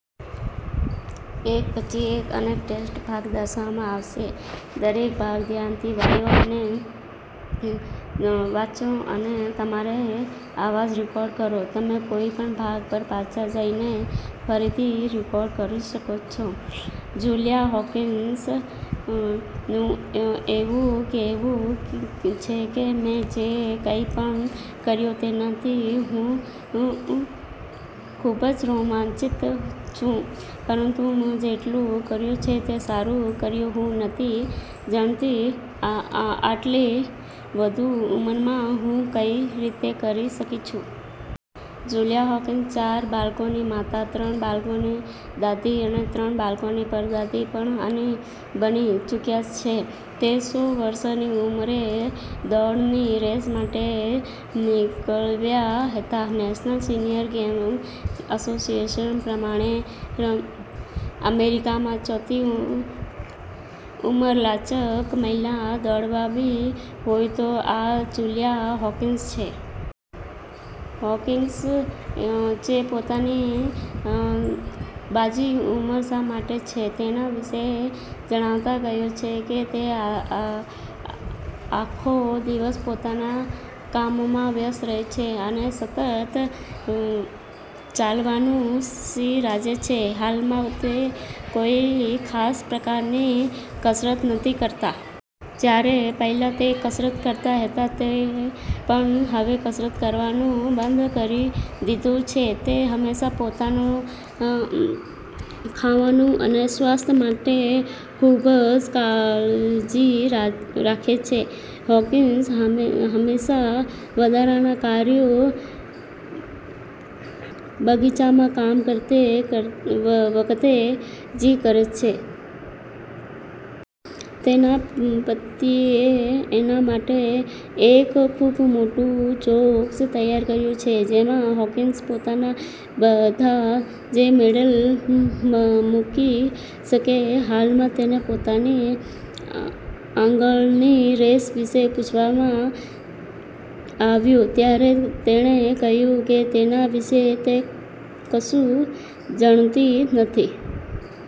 Julia Hawkins નું એવું કહેવું છે કે,"મેં જે કંઇ પણ કર્યું તેનાથી હું ખુબજ રોમાંચિત છું. પરંતુ મેં જેટલું કર્યું છે તે સારું કર્યું, હું નથી જાણતી આટલી વધુ ઉંમરમાં હું કઈ રીતે કરી શકી છુ. જુલિયા હોકિન્સ ચાર બાળકોની માતા, ત્રણ બાળકોની દાદી અને ત્રણ બાળકોની પરદાદી પણ બની ચૂક્યા છે. તે સો વર્ષની ઉંમરે દોડની રેસ માટે નીકળ્યા હતા. નેશનલ સિનિયર ગેમ એસોસિયન પ્રમાણે અમેરિકામાં સૌથી ઉંમરલાયક મહિલા દોડવાવાળી હોય તો આ જુલિયા હોકીન્સ છે. હોકિંગ્સ એ પોતાની લાંબી ઉંમર શા માટે છે? તેના વિશે જણાવતા કહ્યું છે કે 'તે આખો દિવસ પોતાના કામમાં વ્યસ્ત રહે છે અને સતત ચાલવાનું શરૂ રાખે છે. હાલમાં તે કોઇ ખાસ પ્રકારની કસરત નથી કરતા. જ્યારે પહેલા તે કસરત કરતા હતા તે પણ હવે કસરત કરવાનું બંધ કરી દીધું છે. તે હંમેશા પોતાનું ખાવાનું અને સ્વાસ્થ્ય માટે ખુબ જ કાળજી રાખે છે. હોકીનસ હંમેશા વધારાના કાર્યો બગીચામાં કામ કરતી વખતે જ કરે છે. તેના પતિએ તેના માટે એક ખૂબ મોટું બોક્સ તૈયાર કર્યું છે જેમાં હોકિંગ્સ પોતાના બધા જ મેડલ મૂકી શકે. હાલમાં તેને પોતાની આગળની રેસ વિશે પૂછવામાં આવ્યું ત્યારે તેણે કહ્યું કે તેના વિશે તે કશું જાણતી નથી.